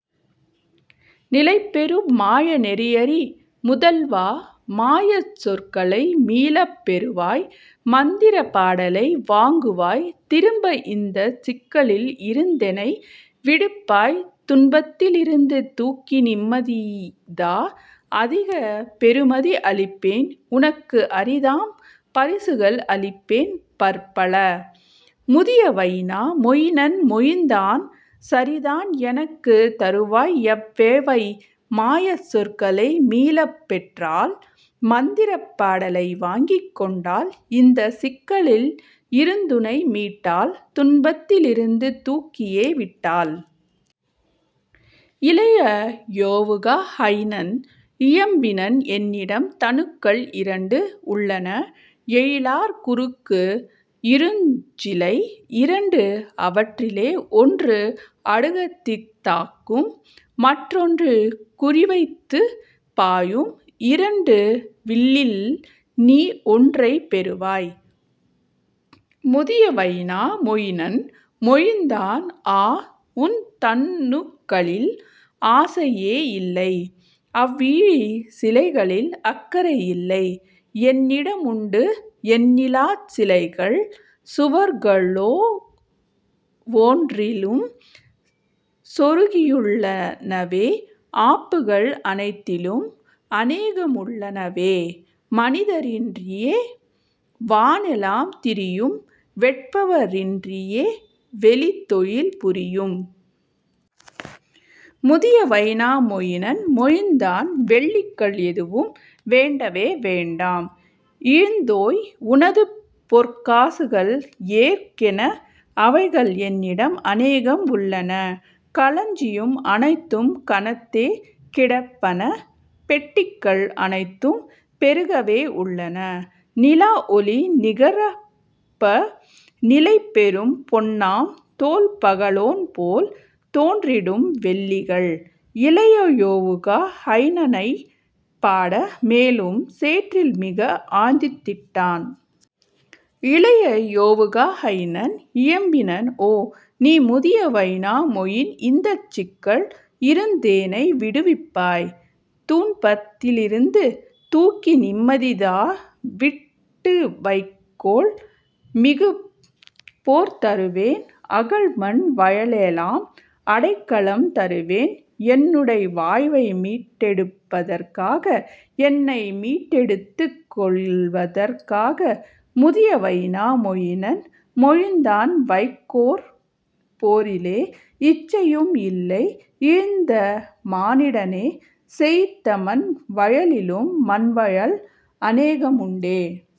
நிலைபெறும் மாய நெறியறி முதல்வா மாயச் சொற்களை மீளப் பெறுவாய் மந்திரப் பாடலை வாங்குவாய் திரும்ப இந்தச் சிக்கலில் இருந்தெனை விடுப்பாய் துன்பத்திலிருந்து தூக்கிநிம்மதி தா அதிக பெறுமதி அளிப்பேன் உனக்கு அரிதாம் பரிசுகள் அளிப்பேன் பற்பல. முதிய வைனா மொயினன் மொழிந்தான் சரிதான் எனக்குத் தருவாய் எவ்வெவை மாயச் சொற்களை மீளப் பெற்றால் மந்திரப் பாடலை வாங்கிக் கொண்டால் இந்தச் சிக்கலில் இருந்துனை மீட்டால் துன்பத்திலிருந்து தூக்கியே விட்டால். இளைய யொவுகா ஹைனன் இயம்பினன் என்னிடம் தனுக்கள் இரண்டு உள்ளன எழிலார் குறுக்கு இருஞ்சிலை இரண்டு அவற்றிலே ஒன்று அடுகதித்தாக்கும் மற்றொன்று குறிவைத்துப் பாயும் இரண்டு வில்லில்நீ ஒன்றைப் பெறுவாய். முதிய வைனா மொயினன் மொழிந்தான் ஆ உன் தன்னுக்களில் ஆசையே இல்லை அவ்இழி சிலைகளில் அக்கறை இல்லை என்னிடமுண்டு எண்ணிலாச் சிலைகள் சுவர்களொவ்வொன்றிலும் சொருகியுள்ளனவே ஆப்புகள் அனைத்திலும் அனேகமுள்ளனவே மனிதரின்றியே வானெலாம் திரியும் வேட்பவ ரின்றியே வெளித்தொழில் புரியும். முதிய வைனா மொயினன் மொழிந்தான் வெள்ளிகள் எதுவும் வேண்டவே வேண்டாம் இழிந்தோய் உனதுபொற்காசுகள் ஏற்கேன அவைகள் என்னிடம் அனேகம் உள்ளன களஞ்சியம் அனைத்தும் கனத்தே கிடப்பன பெட்டிகள் அனைத்தும் பெருகவே உள்ளன நிலாவொளி நிகரப் ப நிலைபெறும் பொன்னாம் தொல்பகலோன்போல் தோன்றிடும் வெள்ளிகள். இளைய யொவுகா ஹைனனைப் பாட மேலும் சேற்றில் மிக ஆழ்ந்தி திட்டான். இளைய யொவுகா ஹைனன் இயம்பினன் ஓ நீ முதிய வைனா மொயின இந்தச் சிக்கல் இருந்தெனை விடுவிப்பாய் துன்பத்திலிருந்து தூக்கிநிம்மதிதா வீட்டுவைக்கோல் மிகுபோர்தருவேன் அகல்மண் வயலெலாம் அடைக்கலம் தருவேன் என்னுடை வாழ்வைமீட்டெடுப்பதற்காக என்னைமீட்டெடுத்துக்கொள்வதற்காக. முதிய வைனா மொயினன் மொழிந்தான் வைக்கோற்போரிலே இச்சையும் இல்லை இழிந்தமானிடனே செழித்தமண் வயலிலும் மண்வயல் அனேகமுண்டே